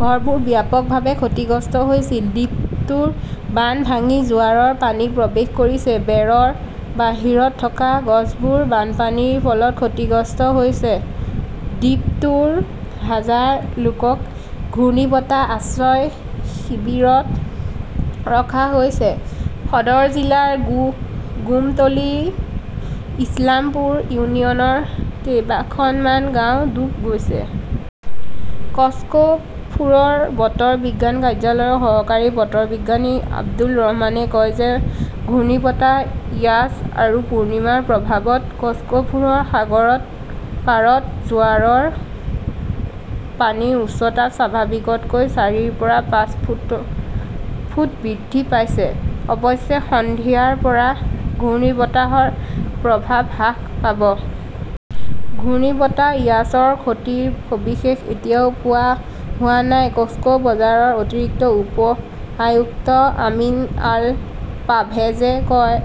ঘৰবোৰ ব্যাপকভাৱে ক্ষতিগ্ৰস্ত হৈছিল। দ্বীপটোৰ বান্ধ ভাঙি জোৱাৰৰ পানী প্ৰৱেশ কৰিছে। বেৰৰ বাহিৰত থকা ঘৰবোৰ বানপানীৰ ফলত ক্ষতিগ্ৰস্ত হৈছে। দ্বীপটোৰ হাজাৰ লোকক ঘূৰ্ণীবতাহ আশ্ৰয় শিবিৰত ৰখা হৈছে। সদৰ জিলাৰ গোমতলী ইছলামপুৰ ইউনিয়নৰ কেইখনমান গাঁও ডুব গৈছে। কক্সফুৰৰ বতৰ বিজ্ঞান কাৰ্যালয়ৰ সহকাৰী বতৰ বিজ্ঞানী আব্দুৰ ৰহমানে কয় যে ঘূৰ্ণীবতাহ ইয়াছ আৰু পূৰ্ণিমাৰ প্ৰভাৱত কক্সফুৰৰ সাগৰৰ পাৰত জোৱাৰৰ পানীৰ উচ্চতা স্বাভাৱিকতকৈ চাৰিৰ পৰা পাঁচ ফুট বৃদ্ধি পাইছে। অৱশ্যে, সন্ধিয়াৰ পৰা ঘূৰ্ণীবতাহৰ প্ৰভাৱ হ্ৰাস পাব। "ঘূৰ্ণীবতাহ ইয়াছৰ ক্ষতিৰ সবিশেষ এতিয়াও পোৱা হোৱা নাই", কক্সবাজাৰৰ অতিৰিক্ত উপ-আয়ুক্ত আমিন আল পাৰ্ভেজে কয়।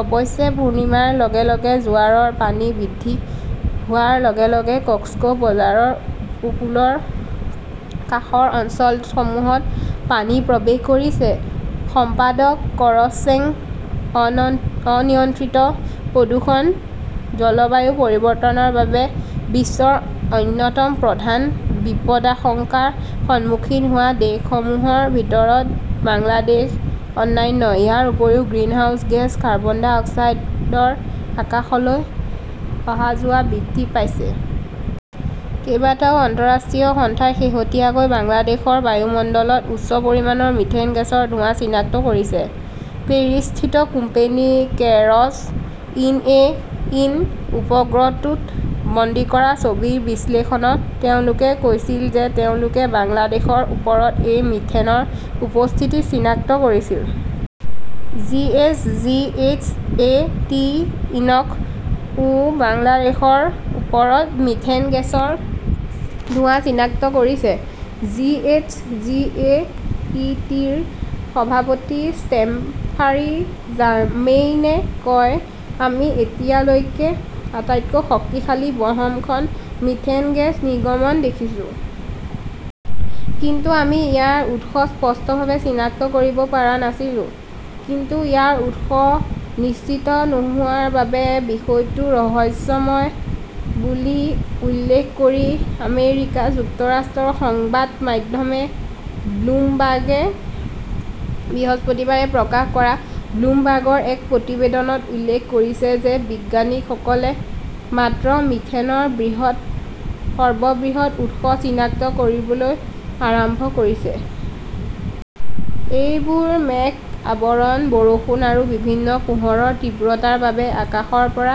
অৱশ্যে পূৰ্ণিমাৰ লগে লগে জোৱাৰৰ পানী বৃদ্ধি হোৱাৰ লগে লগে কক্সবাজাৰৰ উপকূলৰ কাষৰ অঞ্চলসমূহত পানী প্ৰৱেশ কৰিছে। সম্পাদক কৰচেশুঃ অনিয়ন্ত্ৰিত প্ৰদূষণ জলবায়ু পৰিৱৰ্তনৰ বাবে বিশ্বৰ অন্যতম প্ৰধান বিপদাশংকাৰ সন্মুখীন হোৱা দেশসমূহৰ ভিতৰত বাংলাদেশ অন্যতম, ইয়াৰ উপৰিও গ্ৰীণহাউছ গেছ কাৰ্বন ডাই অক্সাইডৰ আকাশলৈ অহা-যোৱা বৃদ্ধি পাইছে। কেইবাটাও আন্তঃৰাষ্ট্ৰীয় সংস্থাই শেহতীয়াকৈ বাংলাদেশৰ বায়ুমণ্ডলত উচ্চ পৰিমাণৰ মিথেন গেছৰ ধোঁৱা চিনাক্ত কৰিছে। পেৰিছস্থিত company Kayrros S. A. S. উপগ্ৰহটোত বন্দী কৰা ছবিৰ বিশ্লেষণত তেওঁলোকে কৈছিল যে তেওঁলোকে বাংলাদেশৰ ওপৰত এই মিথেনৰ উপস্থিতি চিনাক্ত কৰিছিল। G. H. G. S. A. T. Inc ও বাংলাদেশৰ ওপৰত মিথেন গেছৰ ধোঁৱা চিনাক্ত কৰিছে। G. H. G. S. A. T. ৰ সভাপতি ষ্টেফানি জাৰ্মেইনে কয়, আমি এতিয়ালৈকে আটাইতকৈ শক্তিশালী বহনক্ষম মিথেন গেছ নিৰ্গমন দেখিছো। কিন্তু আমি ইয়াৰ উৎস স্পষ্টভাৱে চিনাক্ত কৰিব পৰা নাছিলো। কিন্তু ইয়াৰ উৎস নিশ্চিত নোহোৱাৰ বাবে বিষয়টো ৰহস্যময় বুলি উল্লেখ কৰি আমেৰিকা যুক্তৰাষ্ট্ৰৰ সংবাদ মাধ্যম ব্লুমবাৰ্গে বৃহস্পতিবাৰে প্ৰকাশ কৰা ব্লুমবাৰ্গৰ এক প্ৰতিবেদনত উল্লেখ কৰিছে যে বিজ্ঞানীসকলে মাত্ৰ মিথেনৰ সৰ্ববৃহৎ উৎস চিনাক্ত কৰিবলৈ আৰম্ভ কৰিছে। এইবোৰ মেঘ আৱৰণ, বৰষুণ আৰু বিভিন্ন পোহৰৰ তীব্ৰতাৰ বাবে মহাকাশৰ পৰা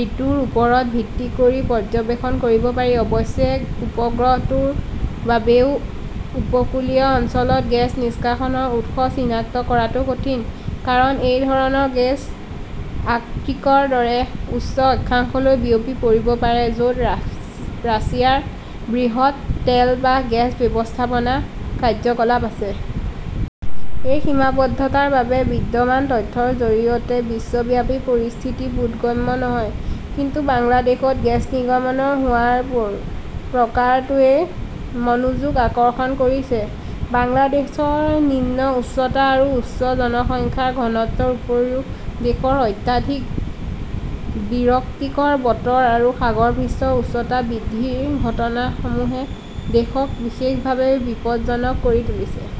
ঋতুৰ ওপৰত ভিত্তি কৰি পৰ্যবেক্ষণ কৰিব পাৰি। অৱশ্যে, উপগ্ৰহটোৰ বাবেও উপকূলীয় অঞ্চলত গেছ নিষ্কাশনৰ উৎস চিনাক্ত কৰাটো কঠিন। কাৰণ এই ধৰণৰ গেছ আৰ্কটিকৰ দৰে উচ্চ অক্ষাংশলৈ বিয়পি পৰিব পাৰে; য 'ত ৰাছিয়াৰ বৃহৎ তেল আৰু গেছ ব্যৱস্থাপনা কাৰ্যকলাপ আছে। এই সীমাবদ্ধতাৰ বাবে বিদ্যমান তথ্যৰ জৰিয়তে বিশ্বব্যাপী পৰিস্থিতি বোধগম্য নহয়। কিন্তু বাংলাদেশত গেছ নিৰ্গমন হোৱাৰ প্ৰকাৰটোৱে মনোযোগ আকৰ্ষণ কৰিছে। বাংলাদেশৰ নিম্ন উচ্চতা আৰু উচ্চ জনসংখ্যাৰ ঘনত্বৰ উপৰিও দেশৰ অত্যাধিক বিৰক্তিকৰ বতৰ আৰু সাগৰ পৃষ্ঠৰ উচ্চতা বৃদ্ধিৰ ঘটনাসমূহে দেশক বিশেষভাৱে বিপদজনক কৰি তুলিছে।